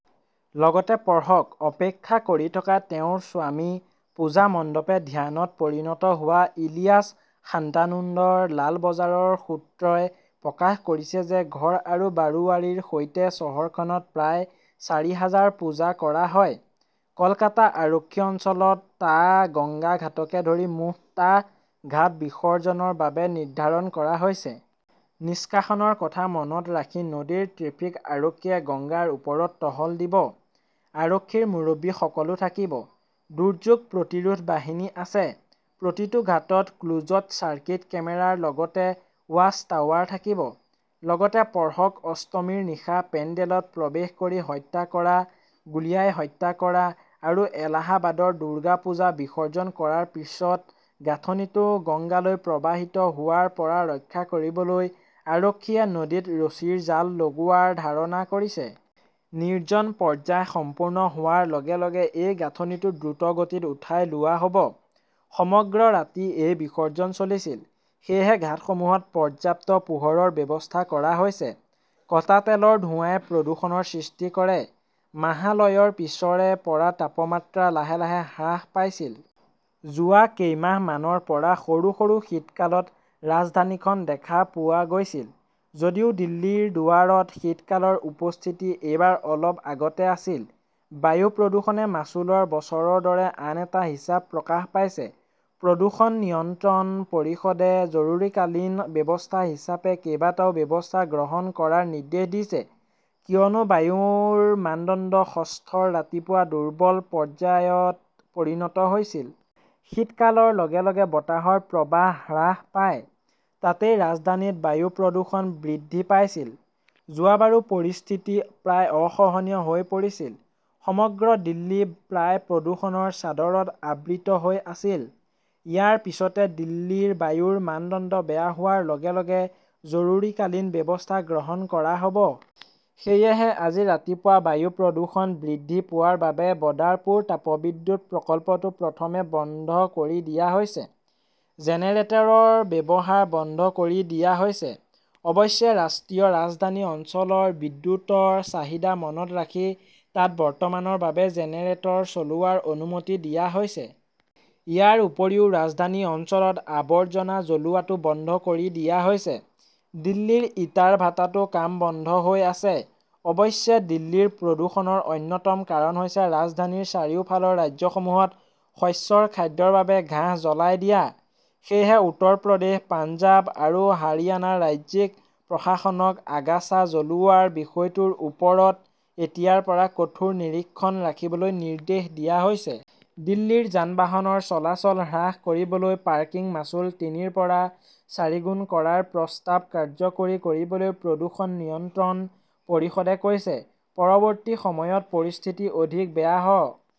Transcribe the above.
লগতে পঢ়কঃ অপেক্ষা কৰি থকা তেওঁৰ স্বামী, পূজা মণ্ডপে ধ্যানত পৰিণত হোৱা ইলিয়াছ শান্তানুন্দৰ লাল বজাৰৰ সূত্ৰই প্ৰকাশ কৰিছে যে ঘৰ আৰু বাৰোৱাৰীৰ সৈতে চহৰখনত প্ৰায় চাৰি হাজাৰ পূজা কৰা হয়। কলকাতা আৰক্ষী অঞ্চলত টা গংগা ঘাটকে ধৰি মুঠ টা ঘাট বিসৰ্জনৰ বাবে নিৰ্ধাৰণ কৰা হৈছে। নিষ্কাশনৰ কথা মনত ৰাখি নদীৰ ট্ৰেফিক আৰক্ষীয়ে গংগাৰ ওপৰত টহল দিব। আৰক্ষীৰ মুৰব্বীসকলও থাকিব। দুৰ্যোগ প্ৰতিৰোধ বাহিনী আছে। প্ৰতিটো ঘাটত ক্লোজ্ড চাৰ্কিট কেমেৰাৰ লগতে ৱাচ-টাৱাৰ থাকিব। লগতে পঢ়কঃ অষ্টমীৰ নিশা পেণ্ডেলত প্ৰৱেশ কৰি হত্যা কৰা, গুলীয়াই হত্যা কৰা আৰু এলাহাবাদৰ দুৰ্গা পূজা বিসৰ্জন কৰাৰ পিছত গাঁথনিটো গঙ্গালৈ প্ৰবাহিত হোৱাৰ পৰা ৰক্ষা কৰিবলৈ আৰক্ষীয়ে নদীত ৰছীৰ জাল লগোৱাৰ ধাৰণা কৰিছে। নিৰ্জন পৰ্যায় সম্পূৰ্ণ হোৱাৰ লগে লগে এই গাঁথনিটো দ্ৰুতগতিত উঠাই লোৱা হ "ব। সমগ্ৰ ৰাতি এই বিসৰ্জন চলিছিল। সেয়েহে ঘাটসমূহত পৰ্যাপ্ত পোহৰৰ ব্যৱস্থা কৰা হৈছে। কটা তেলৰ ধোঁৱাই প্ৰদূষণৰ সৃষ্টি কৰে মাহালয়ৰ পিছৰে পৰা তাপমাত্ৰা লাহে লাহে হ্ৰাস পাইছিল। যোৱা কেইমাহমানৰ পৰা সৰু সৰু শীতকালত ৰাজধানীখন দেখা পোৱা গৈছিল। যদিও দিল্লীৰ দুৱাৰত শীতকালৰ উপস্থিতি এইবাৰ অলপ আগতে আছিল, বায়ু প্ৰদূষণে মাচুলৰ বছৰৰ দৰে আন এটা হিচাপে প্ৰকাশ পাইছে। প্ৰদূষণ নিয়ন্ত্ৰণ পৰিষদে জৰুৰীকালীন ব্যৱস্থা হিচাপে কেইবাটাও ব্যৱস্থা গ্ৰহণৰ নিৰ্দেশ দিছে কিয়নো বায়ুৰ মানদণ্ড ষষ্ঠৰ ৰাতিপুৱা 'দুৰ্বল "পৰ্যায়ত পৰিণত হৈছিল। শীতকালৰ লগে লগে বতাহৰ প্ৰৱাহ হ্ৰাস পায়। তাতেই ৰাজধানীত বায়ু প্ৰদূষণ বৃদ্ধি পাইছিল। যোৱা বাৰো পৰিস্থিতি প্ৰায় অসহনীয় হৈ পৰিছিল। সমগ্ৰ দিল্লী প্ৰায় প্ৰদূষণৰ চাদৰত আবৃত হৈ আছিল। ইয়াৰ পিছতে, দিল্লীৰ বায়ুৰ মানদণ্ড বেয়া হোৱাৰ লগে লগে জৰুৰীকালীন ব্যৱস্থা গ্ৰহণ কৰা হ "ব। সেয়েহে আজি ৰাতিপুৱা বায়ু প্ৰদূষণ বৃদ্ধি পোৱাৰ বাবে বদাৰপুৰ তাপবিদ্যুৎ প্ৰকল্পটো প্ৰথমে বন্ধ কৰি দিয়া হৈছে। জেনেৰেটৰৰ ব্যৱহাৰ বন্ধ কৰি দিয়া হৈছে। অৱশ্যে, ৰাষ্ট্ৰীয় ৰাজধানী অঞ্চলৰ বিদ্যুৎৰ চাহিদা মনত ৰাখি তাত বৰ্তমানৰ বাবে জেনেৰেটৰ চলোৱাৰ অনুমতি দিয়া হৈছে। ইয়াৰ উপৰিও ৰাজধানী অঞ্চলত আৱৰ্জনা জ্বলোৱাটো বন্ধ কৰি দিয়া হৈছে। দিল্লীৰ ইটাৰ ভাটাতো কাম বন্ধ হৈ আছে। অৱশ্যে, দিল্লীৰ প্ৰদূষণৰ অন্যতম কাৰণ হৈছে ৰাজধানীৰ চাৰিওফালৰ ৰাজ্যসমূহত শস্যৰ খাদ্যৰ বাবে ঘাঁহ জ্বলাই দিয়া। সেয়েহে উত্তৰ প্ৰদেশ, পঞ্জাৱ আৰু হাৰিয়ানাৰ ৰাজ্যিক প্ৰশাসনক আগাছা জ্বলোৱাৰ বিষয়টোৰ ওপৰত এতিয়াৰ পৰা কঠোৰ নিৰীক্ষণ ৰাখিবলৈ নিৰ্দেশ দিয়া হৈছে। দিল্লীৰ যান-বাহনৰ চলাচল হ্ৰাস কৰিবলৈ পাৰ্কিং মাচুল তিনিৰ পৰা চাৰিগুণ কৰাৰ প্ৰস্তাৱ কাৰ্যকৰী কৰিবলৈ প্ৰদূষণ নিয়ন্ত্ৰণ পৰিষদে কৈছে। পৰৱৰ্তী সময়ত পৰিস্থিতি অধিক বেয়া হ